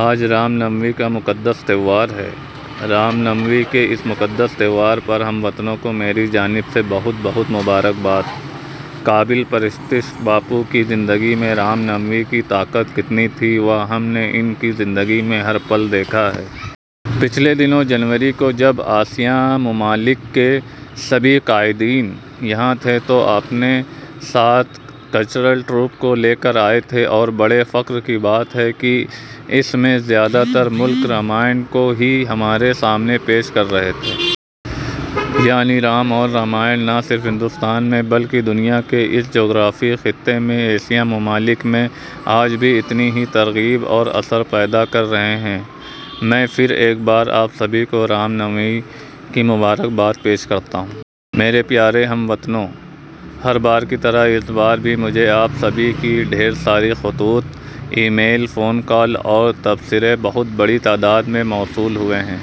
آج رام نومی کا مقدس تہوار ہے۔ رام نومی کے اس مقدس تہوار پر ہم وطنوں کو میری جانب سے بہت بہت مبارکباد۔ قابل پرستش باپو کی زندگی میں 'رام نومی' کی طاقت کتنی تھی وہ ہم نے ان کی زندگی میں ہر پل دیکھا ہے۔ پچھلے دنوں جنوری کو جب آسیان ممالک کے سبھی قائدین یہاں تھے تو اپنے ساتھ کلچرل ٹروپ لے کر آئے تھے اور بڑے فخر کی بات ہے کہ اس میں زیادہ تر ملک رامائن کو ہی ہمارے سامنے پیش کر رہے تھے۔ یعنی رام اور رامائن ، نہ صرف ہندوستان میں بلکہ دنیا کے اس جغرافیائی خطے میں آسیان ممالک میں آج بھی اتنی ہی ترغیب اور اثر پیدا کر رہے ہیں۔ میں پھر ایک بار آپ سبھی کو رام نومی کی مبارکباد پیش کرتا ہوں۔ میرے پیارے ہم وطنوں ، ہر بار کی طرح اس بار بھی مجھے آپ سبھی کے ڈھیر سارے خطوط ، ای میل، فون کال اور تبصرے بہت بڑی تعداد میں موصول ہوئے ہیں۔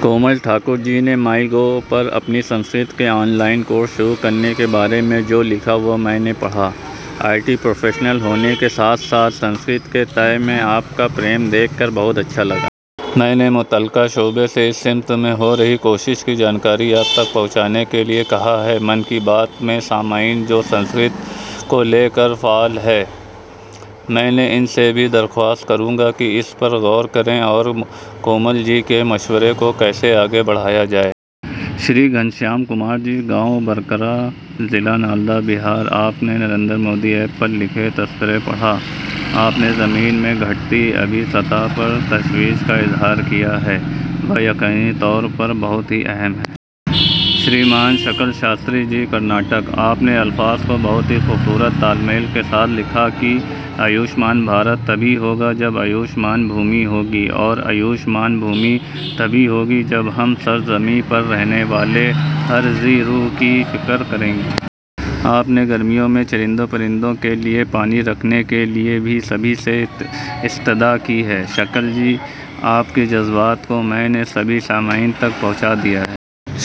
کومل ٹھاکر جی نے مائی گو پر اپنی سنسکرت کے آن لائن کورس شروع کرنے کے بارے میں جو لکھا وہ میں نے پڑھا۔ آئی ٹی پروفیشنل ہونے کے ساتھ ساتھ سنسکرت کے تئیں آپ کا پریم دیکھ کر بہت اچھا لگا۔ میں نے متعلقہ شعبے اس سمت میں ہو رہی کوششوں کی جانکاری آپ تک پہنچانے کے لیے کہا ہے۔ 'من کی بات' کے سامعین جو سنسکرت کو لے کر فعال ہیں ، میں ان سے بھی درخواست کروں گا کہ اس پر غور کریں کہ کومل جی کے مشورے کو کیسے آگے بڑھایا جائے۔ شریمان گھنشیام کمار جی ، گاؤں براکر، ضلع نالندہ ، بہار – آپ کے نریندر مودی ایپ پر لکھے تبصرے پڑھا۔ آپ نے زمین میں گھٹتی آبی سطح پر تشویش کا اظہار کیا ہے ، وہ یقینی طور پر بہت ہی اہم ہے۔ شریمان شکل شاستری جی ، کرناٹک – آپ نے الفاظ کے بہت ہی خوبصورت تال میل کے ساتھ لکھا کہ 'آیوش مان بھارت 'تبھی ہوگا جب 'آیوش مان بھومی ' ہوگی اور 'آیوش مان بھومی' تبھی ہوگی جب ہم اس سرزمین پر رہنے والے ہر ذی روح کی فکر کریں گے۔ آپ نے گرمیوں میں چرندوں پرندوں کے لیے پانی رکھنے کے لیے بھی سبھی سے استدعا کی ہے۔ شکل جی ، آپ کے جذبات کو میں نے سبھی سامعین تک پہنچا دیا ہے۔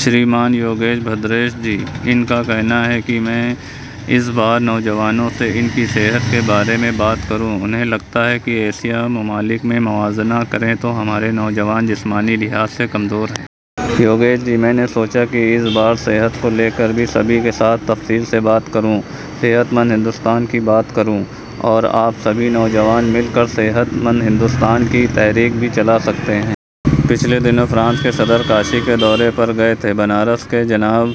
شریمان یوگیش بھدریش جی ، ان کا کہنا ہے کہ میں اس بار نوجوانوں سے ان کی صحت کے بارے میں بات کروں۔ انہیں لگتا ہے کہ آسیان ممالک میں موازنہ کریں تو ہمارے نوجوان جسمانی لحاظ سے کمزور ہیں۔ یوگیش جی، میں نے سوچا کہ اس بار صحت کو لے کر کے سبھی کے ساتھ تفصیل سے بات کروں۔ صحت مند ہندوستان کی بات کروں اور آپ سبھی نوجوان مل کر صحت مندہندوستان کی تحریک بھی چلا سکتے ہیں۔ پچھلے دنوں فرانس کے صدر کاشی کے دورے پر گئے تھے۔ بنارس کے آنجناب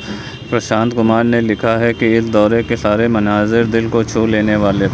پرشانت کمار نے لکھا ہے کہ اس دورے کے سارے مناظر ، دل کو چھو لینے والے تھے۔